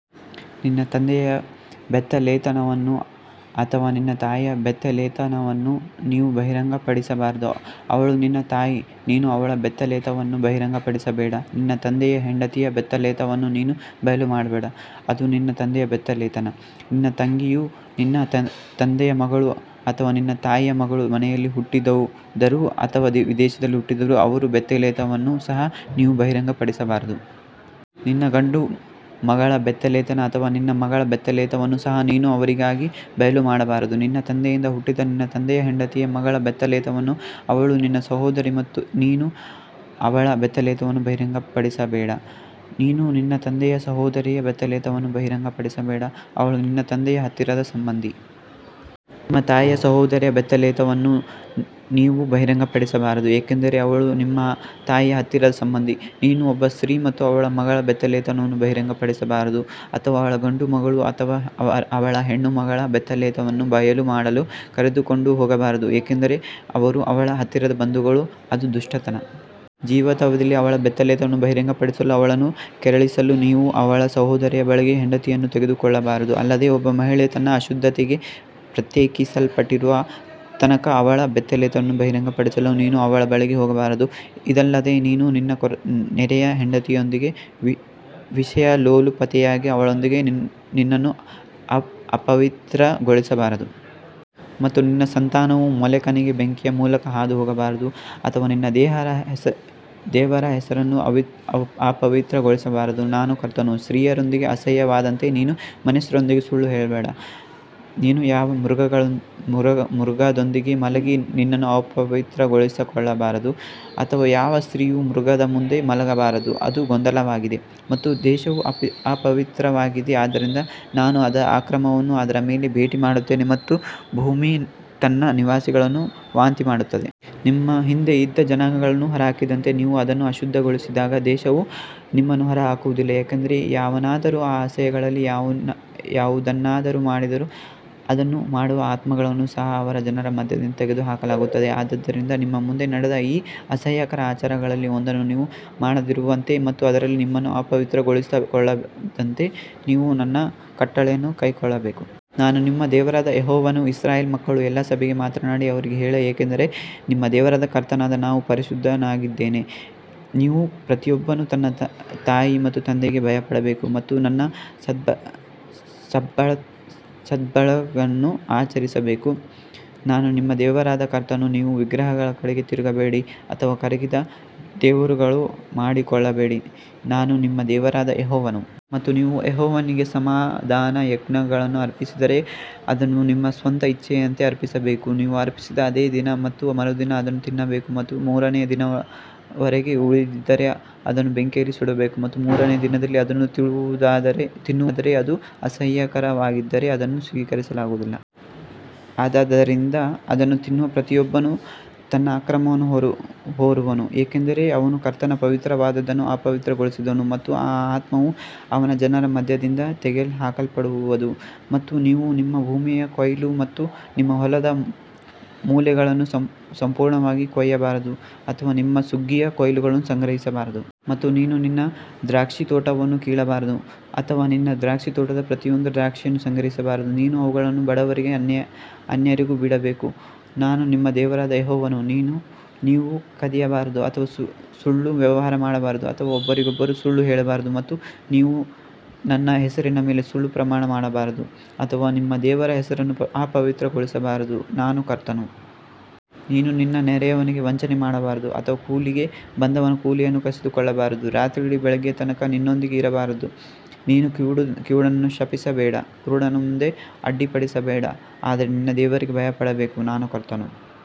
ನಿನ್ನ ತಂದೆಯ ಬೆತ್ತಲೆತನವನ್ನು ಅಥವಾ ನಿನ್ನ ತಾಯಿಯ ಬೆತ್ತಲೆತನವನ್ನು ನೀವು ಬಹಿರಂಗಪಡಿಸಬಾರದು ಅವಳು ನಿನ್ನ ತಾಯಿ ನೀನು ಅವಳ ಬೆತ್ತಲೆತನವನ್ನು ಬಹಿರಂಗಪಡಿಸಬೇಡ ನಿನ್ನ ತಂದೆಯ ಹೆಂಡತಿಯ ಬೆತ್ತಲೆತನವನ್ನು ನೀನು ಬಯಲು ಮಾಡಬೇಡ ಅದು ನಿನ್ನ ತಂದೆಯ ಬೆತ್ತಲೆತನ. ನಿನ್ನ ತಂಗಿಯು ನಿನ್ನ ತಂದೆಯ ಮಗಳು ಅಥವಾ ನಿನ್ನ ತಾಯಿಯ ಮಗಳು ಮನೆಯಲ್ಲಿ ಹುಟ್ಟಿದ್ದರೂ ಅಥವಾ ವಿದೇಶದಲ್ಲಿ ಹುಟ್ಟಿದ್ದರೂ ಅವರ ಬೆತ್ತಲೆತನವನ್ನು ಸಹ ನೀವು ಬಹಿರಂಗಪಡಿಸಬಾರದು. ನಿನ್ನ ಗಂಡು ಮಗಳ ಬೆತ್ತಲೆತನ ಅಥವಾ ನಿನ್ನ ಮಗಳ ಬೆತ್ತಲೆತನವನ್ನು ಸಹ ನೀನು ಅವರಿಗಾಗಿ ಬಯಲು ಮಾಡಬಾರದು. ನಿನ್ನ ತಂದೆಯಿಂದ ಹುಟ್ಟಿದ ನಿನ್ನ ತಂದೆಯ ಹೆಂಡತಿಯ ಮಗಳ ಬೆತ್ತಲೆತನವನ್ನು ಅವಳು ನಿನ್ನ ಸಹೋದರಿ ನೀನು ಅವಳ ಬೆತ್ತಲೆತನವನ್ನು ಬಹಿರಂಗಪಡಿಸಬೇಡ. ನೀನು ನಿನ್ನ ತಂದೆಯ ಸಹೋದರಿಯ ಬೆತ್ತಲೆತನವನ್ನು ಬಹಿರಂಗಪಡಿಸಬೇಡ ಅವಳು ನಿನ್ನ ತಂದೆಯ ಹತ್ತಿರದ ಸಂಬಂಧಿ. ನಿಮ್ಮ ತಾಯಿಯ ಸಹೋದರಿಯ ಬೆತ್ತಲೆತನವನ್ನು ನೀವು ಬಹಿರಂಗಪಡಿಸಬಾರದು ಏಕೆಂದರೆ ಅವಳು ನಿಮ್ಮ ತಾಯಿಯ ಹತ್ತಿರದ ಸಂಬಂಧಿ. ನೀನು ಒಬ್ಬ ಸ್ತ್ರೀ ಮತ್ತು ಅವಳ ಮಗಳ ಬೆತ್ತಲೆತನವನ್ನು ಬಹಿರಂಗಪಡಿಸಬಾರದು ಅಥವಾ ಅವಳ ಗಂಡು ಮಗಳು ಅಥವಾ ಅವಳ ಹೆಣ್ಣು ಮಗಳ ಬೆತ್ತಲೆತನವನ್ನು ಬಯಲು ಮಾಡಲು ಕರೆದುಕೊಂಡು ಹೋಗಬಾರದು ಏಕೆಂದರೆ ಅವರು ಅವಳ ಹತ್ತಿರದ ಬಂಧುಗಳು ಅದು ದುಷ್ಟತನ. ಜೀವಿತಾವಧಿಯಲ್ಲಿ ಅವಳ ಬೆತ್ತಲೆತನವನ್ನು ಬಹಿರಂಗಪಡಿಸಲು ಅವಳನ್ನು ಕೆರಳಿಸಲು ನೀವು ಅವಳ ಸಹೋದರಿಯ ಬಳಿಗೆ ಹೆಂಡತಿಯನ್ನು ತೆಗೆದುಕೊಳ್ಳಬಾರದು. ಅಲ್ಲದೆ ಒಬ್ಬ ಮಹಿಳೆ ತನ್ನ ಅಶುದ್ಧತೆಗೆ ಪ್ರತ್ಯೇಕಿಸಲ್ಪಟ್ಟಿರುವ ತನಕ ಅವಳ ಬೆತ್ತಲೆತನವನ್ನು ಬಹಿರಂಗಪಡಿಸಲು ನೀನು ಅವಳ ಬಳಿಗೆ ಹೋಗಬಾರದು. ಇದಲ್ಲದೆ ನೀನು ನಿನ್ನ ನೆರೆಯ ಹೆಂಡತಿಯೊಂದಿಗೆ ವಿಷಯಲೋಲುಪತೆಯಾಗಿ ಅವಳೊಂದಿಗೆ ನಿನ್ನನ್ನು ಅಪವಿತ್ರಗೊಳಿಸಬಾರದು. ಮತ್ತು ನಿನ್ನ ಸಂತಾನವು ಮೋಲೆಕನಿಗೆ ಬೆಂಕಿಯ ಮೂಲಕ ಹಾದು ಹೋಗಬಾರದು ಅಥವಾ ನಿನ್ನ ದೇವರ ಹೆಸರನ್ನು ಅಪವಿತ್ರಗೊಳಿಸಬಾರದು ನಾನು ಕರ್ತನು. ಸ್ತ್ರೀಯರೊಂದಿಗೆ ಅಸಹ್ಯವಾದಂತೆ ನೀನು ಮನುಷ್ಯರೊಂದಿಗೆ ಸುಳ್ಳು ಹೇಳಬೇಡ. ನೀನು ಯಾವ ಮೃಗದೊಂದಿಗೂ ಮಲಗಿ ನಿನ್ನನ್ನು ಅಪವಿತ್ರಗೊಳಿಸಿಕೊಳ್ಳಬಾರದು ಅಥವಾ ಯಾವ ಸ್ತ್ರೀಯು ಮೃಗದ ಮುಂದೆ ಮಲಗಬಾರದು ಅದು ಗೊಂದಲವಾಗಿದೆ ಮತ್ತು ದೇಶವು ಅಪವಿತ್ರವಾಗಿದೆ ಆದ್ದರಿಂದ ನಾನು ಅದರ ಅಕ್ರಮವನ್ನು ಅದರ ಮೇಲೆ ಭೇಟಿ ಮಾಡುತ್ತೇನೆ ಮತ್ತು ಭೂಮಿಯು ತನ್ನ ನಿವಾಸಿಗಳನ್ನು ವಾಂತಿಮಾಡುತ್ತದೆ. ನಿಮ್ಮ ಹಿಂದೆ ಇದ್ದ ಜನಾಂಗಗಳನ್ನು ಹೊರಹಾಕಿದಂತೆ ನೀವು ಅದನ್ನು ಅಶುದ್ಧಗೊಳಿಸಿದಾಗ ದೇಶವು ನಿಮ್ಮನ್ನು ಹೊರಹಾಕುವುದಿಲ್ಲ. ಯಾಕಂದರೆ ಯಾವನಾದರೂ ಈ ಅಸಹ್ಯಗಳಲ್ಲಿ ಯಾವುದನ್ನಾದರೂ ಮಾಡಿದರೂ ಅದನ್ನು ಮಾಡುವ ಆತ್ಮಗಳನ್ನು ಸಹ ಅವರ ಜನರ ಮಧ್ಯದಿಂದ ತೆಗೆದುಹಾಕಲಾಗುತ್ತದೆ. ಆದದರಿಂದ ನಿಮ್ಮ ಮುಂದೆ ನಡೆದ ಈ ಅಸಹ್ಯಕರ ಆಚಾರಗಳಲ್ಲಿ ಒಂದನ್ನೂ ನೀವು ಮಾಡದಿರುವಂತೆ ಮತ್ತು ಅದರಲ್ಲಿ ನಿಮ್ಮನ್ನು ಅಪವಿತ್ರಗೊಳಿಸಿಕೊಳ್ಳದಂತೆ ನೀವು ನನ್ನ ಕಟ್ಟಳೆಯನ್ನು ಕೈಕೊಳ್ಳಬೇಕು. ನಾನು ನಿಮ್ಮ ದೇವರಾದ ಯೆಹೋವನು. ಇಸ್ರಾಯೇಲ್ ಮಕ್ಕಳ ಎಲ್ಲಾ ಸಭೆಗೆ ಮಾತನಾಡಿ ಅವರಿಗೆ ಹೇಳು ಏಕೆಂದರೆ ನಿಮ್ಮ ದೇವರಾದ ಕರ್ತನಾದ ನಾನು ಪರಿಶುದ್ಧನಾಗಿದ್ದೇನೆ. ನೀವು ಪ್ರತಿಯೊಬ್ಬನು ತನ್ನ ತಾಯಿ ಮತ್ತು ತಂದೆಗೆ ಭಯಪಡಬೇಕು ಮತ್ತು ನನ್ನ ಸಬ್ಬತ್ಗಳನ್ನು ಆಚರಿಸಬೇಕು ನಾನು ನಿಮ್ಮ ದೇವರಾದ ಕರ್ತನು. ನೀವು ವಿಗ್ರಹಗಳ ಕಡೆಗೆ ತಿರುಗಬೇಡಿ ಅಥವಾ ಕರಗಿದ ದೇವರುಗಳನ್ನು ಮಾಡಿಕೊಳ್ಳಬೇಡಿ ನಾನು ನಿಮ್ಮ ದೇವರಾದ ಯೆಹೋವನು. ಮತ್ತು ನೀವು ಯೆಹೋವನಿಗೆ ಸಮಾಧಾನಯಜ್ಞಗಳನ್ನು ಅರ್ಪಿಸಿದರೆ ಅದನ್ನು ನಿಮ್ಮ ಸ್ವಂತ ಇಚ್ಛೆಯಂತೆ ಅರ್ಪಿಸಬೇಕು. ನೀವು ಅರ್ಪಿಸಿದ ಅದೇ ದಿನ ಮತ್ತು ಮರುದಿನ ಅದನ್ನು ತಿನ್ನಬೇಕು ಮತ್ತು ಮೂರನೆಯ ದಿನದವರೆಗೆ ಉಳಿದಿದ್ದರೆ ಅದನ್ನು ಬೆಂಕಿಯಲ್ಲಿ ಸುಡಬೇಕು. ಮತ್ತು ಮೂರನೆಯ ದಿನದಲ್ಲಿ ಅದನ್ನು ತಿನ್ನುವುದಾದರೆ ಅದು ಅಸಹ್ಯಕರವಾಗಿದ್ದರೆ ಅದನ್ನು ಸ್ವೀಕರಿಸಲಾಗುವುದಿಲ್ಲ. ಆದದರಿಂದ ಅದನ್ನು ತಿನ್ನುವ ಪ್ರತಿಯೊಬ್ಬನು ತನ್ನ ಅಕ್ರಮವನ್ನು ಹೊರುವನು ಏಕೆಂದರೆ ಅವನು ಕರ್ತನ ಪವಿತ್ರವಾದದ್ದನ್ನು ಅಪವಿತ್ರಗೊಳಿಸಿದನು ಮತ್ತು ಆ ಆತ್ಮವು ಅವನ ಜನರ ಮಧ್ಯದಿಂದ ತೆಗೆದುಹಾಕಲ್ಪಡುವದು. ಮತ್ತು ನೀವು ನಿಮ್ಮ ಭೂಮಿಯ ಕೊಯ್ಲು ಮಾಡುವಾಗ ನಿಮ್ಮ ಹೊಲದ ಮೂಲೆಗಳನ್ನು ಸಂಪೂರ್ಣವಾಗಿ ಕೊಯ್ಯಬಾರದು ಅಥವಾ ನಿಮ್ಮ ಸುಗ್ಗಿಯ ಕೊಯ್ಲುಗಳನ್ನು ಸಂಗ್ರಹಿಸಬಾರದು. ಮತ್ತು ನೀನು ನಿನ್ನ ದ್ರಾಕ್ಷಿತೋಟವನ್ನು ಕೀಳಬಾರದು ಅಥವಾ ನಿನ್ನ ದ್ರಾಕ್ಷಿತೋಟದ ಪ್ರತಿಯೊಂದು ದ್ರಾಕ್ಷಿಯನ್ನು ಸಂಗ್ರಹಿಸಬಾರದು ನೀನು ಅವುಗಳನ್ನು ಬಡವರಿಗೂ ಅನ್ಯರಿಗೂ ಬಿಡಬೇಕು ನಾನು ನಿಮ್ಮ ದೇವರಾದ ಯೆಹೋವನು. ನೀವು ಕದಿಯಬಾರದು ಅಥವಾ ಸುಳ್ಳು ವ್ಯವಹಾರ ಮಾಡಬಾರದು ಅಥವಾ ಒಬ್ಬರಿಗೊಬ್ಬರು ಸುಳ್ಳು ಹೇಳಬಾರದು. ಮತ್ತು ನೀವು ನನ್ನ ಹೆಸರಿನ ಮೇಲೆ ಸುಳ್ಳು ಪ್ರಮಾಣ ಮಾಡಬಾರದು ಅಥವಾ ನಿಮ್ಮ ದೇವರ ಹೆಸರನ್ನು ಅಪವಿತ್ರಗೊಳಿಸಬಾರದು ನಾನು ಕರ್ತನು. ನೀನು ನಿನ್ನ ನೆರೆಯವನಿಗೆ ವಂಚನೆ ಮಾಡಬಾರದು ಅಥವಾ ಕೂಲಿಗೆ ಬಂದವನ ಕೂಲಿಯನ್ನು ಕಸಿದುಕೊಳ್ಳಬಾರದು ರಾತ್ರಿಯಿಡೀ ಬೆಳಿಗ್ಗೆ ತನಕ ನಿನ್ನೊಂದಿಗೆ ಇರಬಾರದು. ನೀನು ಕಿವುಡನನ್ನು ಶಪಿಸಬೇಡ ಕುರುಡನ ಮುಂದೆ ಅಡ್ಡಿಪಡಿಸಬೇಡ ಆದರೆ ನಿನ್ನ ದೇವರಿಗೆ ಭಯಪಡಬೇಕು ನಾನು ಕರ್ತನು.